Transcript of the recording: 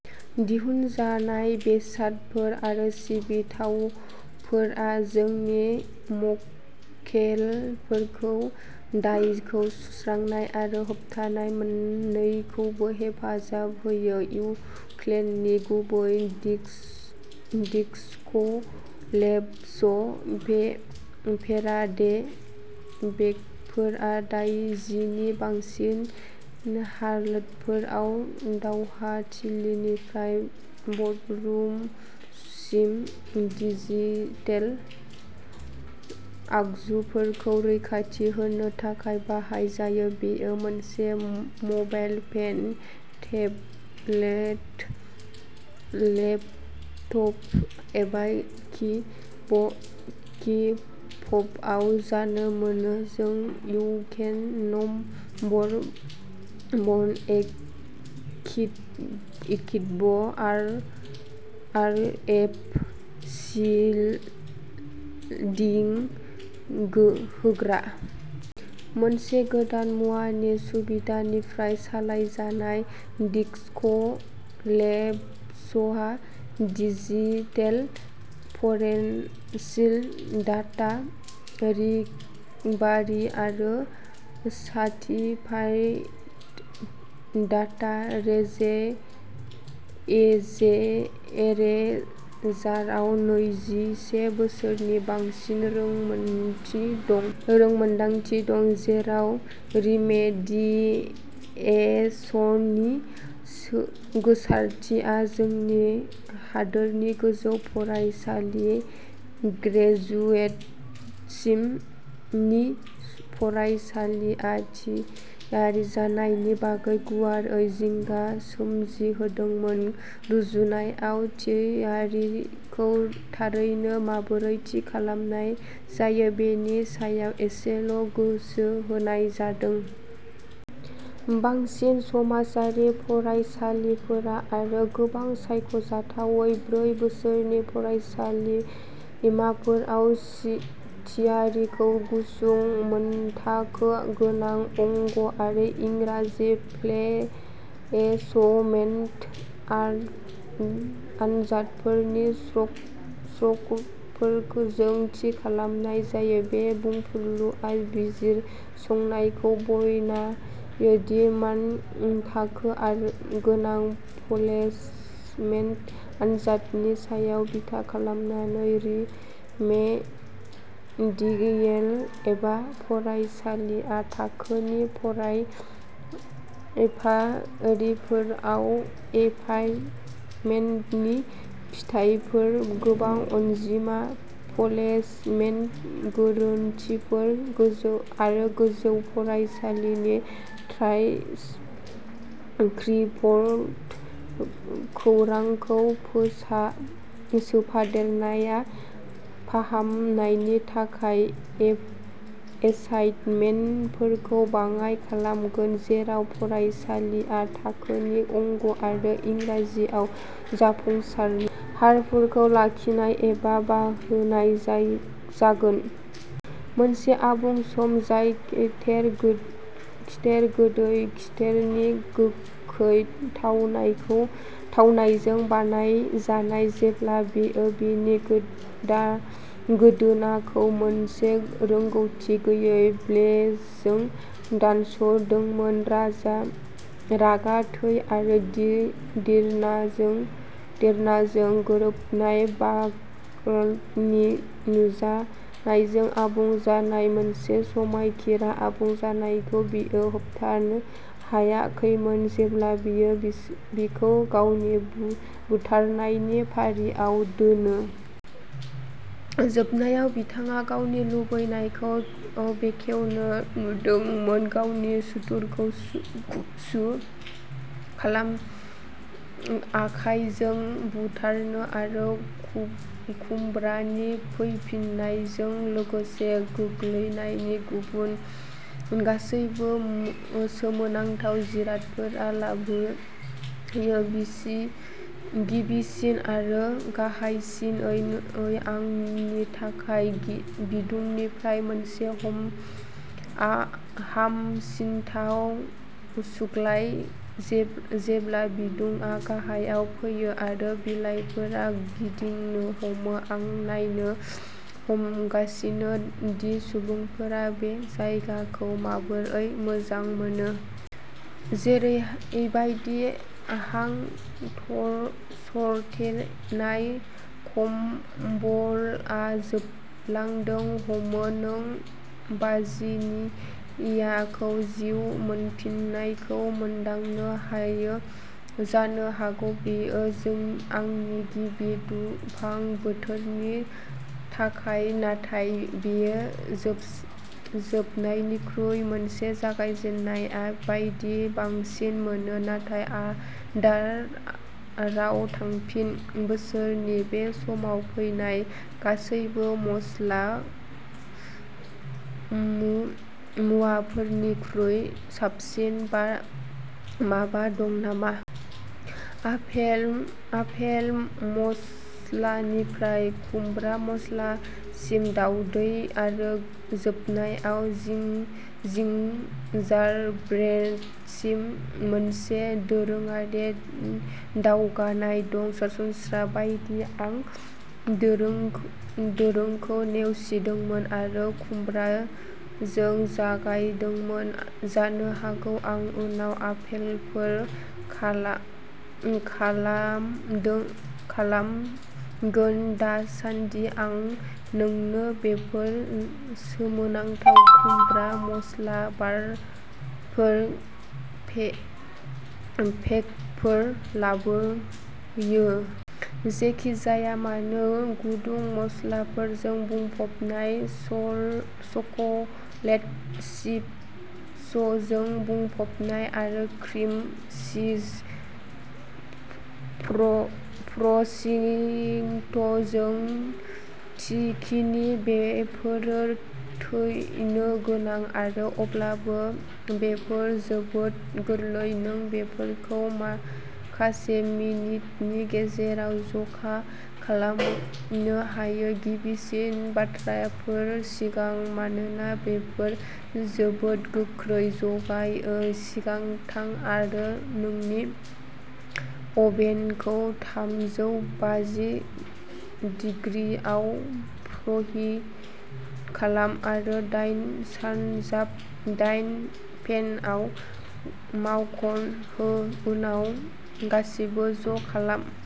दिहुनजानाय बेसादफोर आरो सिबिथायफोरा जोंनि मक्केलफोरखौ दायखौ सुस्रांनाय आरो होबथानाय मोननैखौबो हेफाजाब होयो। इउकेनि गुबै डिस्कलेब्स फेराडे बेगफोरा दाइजिनि बांसिन हादोरफोराव दावहाथिलिनिफ्राय बर्डरुमसिम डिजिटेल आगजुफोरखौ रैखाथि होनो थाखाय बाहाय जायो। बेयो मोनसे मबाइल फन, टेबलेट, लेपटप एबा कि फबआव जाथों मानो, जों इउकेनि number one active RF shielding होग्रा। मोनसे गोदान मुगानि सुबिदानिफ्राय सालायजानाय डिस्कलेब्सहा डिजिटेल फरेनसिक, डाटा रिकभारि आरो सार्टिफाइड डाटा इरेजाराव नैजिसे बोसोरनि बांसिन रोंमोनदांथि दं। जेराव रिमेडिएसननि गोसारथिया जोंनि हादोरनि गोजौ फरायसालि ग्रेजुएट्सनि फरायसालिमा थियारि जानायनि बागै गुवारै जिंगा सोमजिहोदोंमोन, रुजुनायाव थियारिखौ थारैनो माबोरै थि खालामनाय जायो बेनि सायाव एसेल' गोसो होनाय जादों। बांसिन समाजारि फरायसालिमाफोर आरो गोबां सायख'जाथावै ब्रै बोसोरनि फरायसालिमाफोराव, थियारिखौ गुसुं मानथाखो गोनां अंक आरो इंराजि प्लेसमेन्ट आनजादफोरनि स्करफोरजों थि खालामनाय जायो। बे बुंफुरलुआ बिजिरसंनायखौ बरनायो दि मानथाखो गोनां प्लेसमेन्ट आनजादनि सायाव बिथा खालामनानै रिमेडियेल एबा फरायसालिमा थाखोनि फरायफारिफोराव एसाइनमेन्टनि फिथाइफोरा गोबां अनजिमानि प्लेसमेन्ट गोरोन्थिफोर, आरो गोजौ फरायसालिनि ट्रान्सक्रिप्ट खौरांखौ सोफादेरनाया फाहामनायनि थाखाय एसाइनमेन्टफोरखौ बाङाइ खालामगोन, जेराव फरायसालिमा थाखोनि अंक आरो इंराजियाव जाफुंसारनाय हारफोरखौ लाखिनाय एबा बांहोनाय जागोन। मोनसे आबुं सम जाय खिथेर गोदै खिथेरनि गोखै थावनायजों बानायजानाय, जेब्ला बियो बिनि गोदोनाखौ मोनसे गोरोन्थि गैयै ब्लेडजों दानस'दोंमोन। रागा, थै आरो घिरनाजों गोरोबनाय, भाग्यनि नुजानायजों आबुं जानाय। मोनसे समायखिरा आबुं जानायखौ बियो होबथानो हायाखैमोन जेब्ला बियो बिखौ गावनि बुथारनायनि फारियाव दोनो। जोबनायाव बिथाङा गावनि लुबैनायखौ बेखेवनो नुदोंमोन। गावनि सुथुरखौ गुसु आखायजों बुथारनो आरो खुमब्रानि फैफिननायजों लोगोसे, गोग्लैनायनि गुबुन गासैबो सोमोनांथाव जिरादफोरा लाबोयो। गिबिसिन आरो गाहायसिनै, आंनि थाखाय, बिदुंनिफ्राय मोनसे हामसिनथाव सुग्लाय। जेब्ला बिदुंआ गाहायाव फैयो आरो बिलाइफोरा गिदिंनो हमो, आं नायनो हमगासिनो दि सुबुंफोरा बे जायगाखौ माबोरै मोजां मोनो। जेरैबादि हां सरथेनाय कम्बलआ जोबलांनो हमो, नों भार्जिनियाखौ जिउ मोनफिननायखौ मोनदांनो हायो। जानो हागौ बेयो आंनि गिबि दुफां बोथोरनि थाखाय, नाथाय बेयो जोबनायनिख्रुइ मोनसे जागायजेननाय बायदि बांसिन मोनो। नाथाय आदाराव थांफिन। बोसोरनि बे समाव फैनाय गासैबो मस्ला मुवाफोरनिख्रुइ साबसिन माबा दं नामा? आपेल मस्लानिफ्राय खुमब्रा मस्लासिम दावदै आरो जोबनायाव जिंजारब्रेडसिम मोनसे दोरोङारि दावगानाय दं। सरासनस्रा बायदि, आं दोरोंखौ नेवसिदोंमोन आरो खुमब्राजों जागायदोंमोन। जानो हागौ आं उनाव आपेलफोर खालामगोन। दासानदि, आं नोंनो बेफोर सोमोनांथाव खुमब्रा मस्ला बारफोर केकफोर लाबोयो? जेखि जाया मानो गुदुं मस्लाफोरजों बुंफबनाय चकलेट चिप्सजों बुंफबनाय आरो क्रिम चीज फ्रस्टिंजों थिखिनि बेफोरो थैनो गोनां आरो अब्लाबो, बेफोर जोबोद गोरलै, नों बेफोरखौ माखासे मिनिटनि गेजेराव ज'खालामनो हायो। गिबिसिन बाथ्राफोर सिगां। मानोना बेफोर जोबोद गोख्रै ज'जायो, सिगां थां आरो नोंनि अभेनखौ थामजौ बाजि दिग्रिआव प्रीहिट खालाम आरो दाइन सानजाब दाइन पेनआव माखन हो उनाव गासिबो ज' खालाम।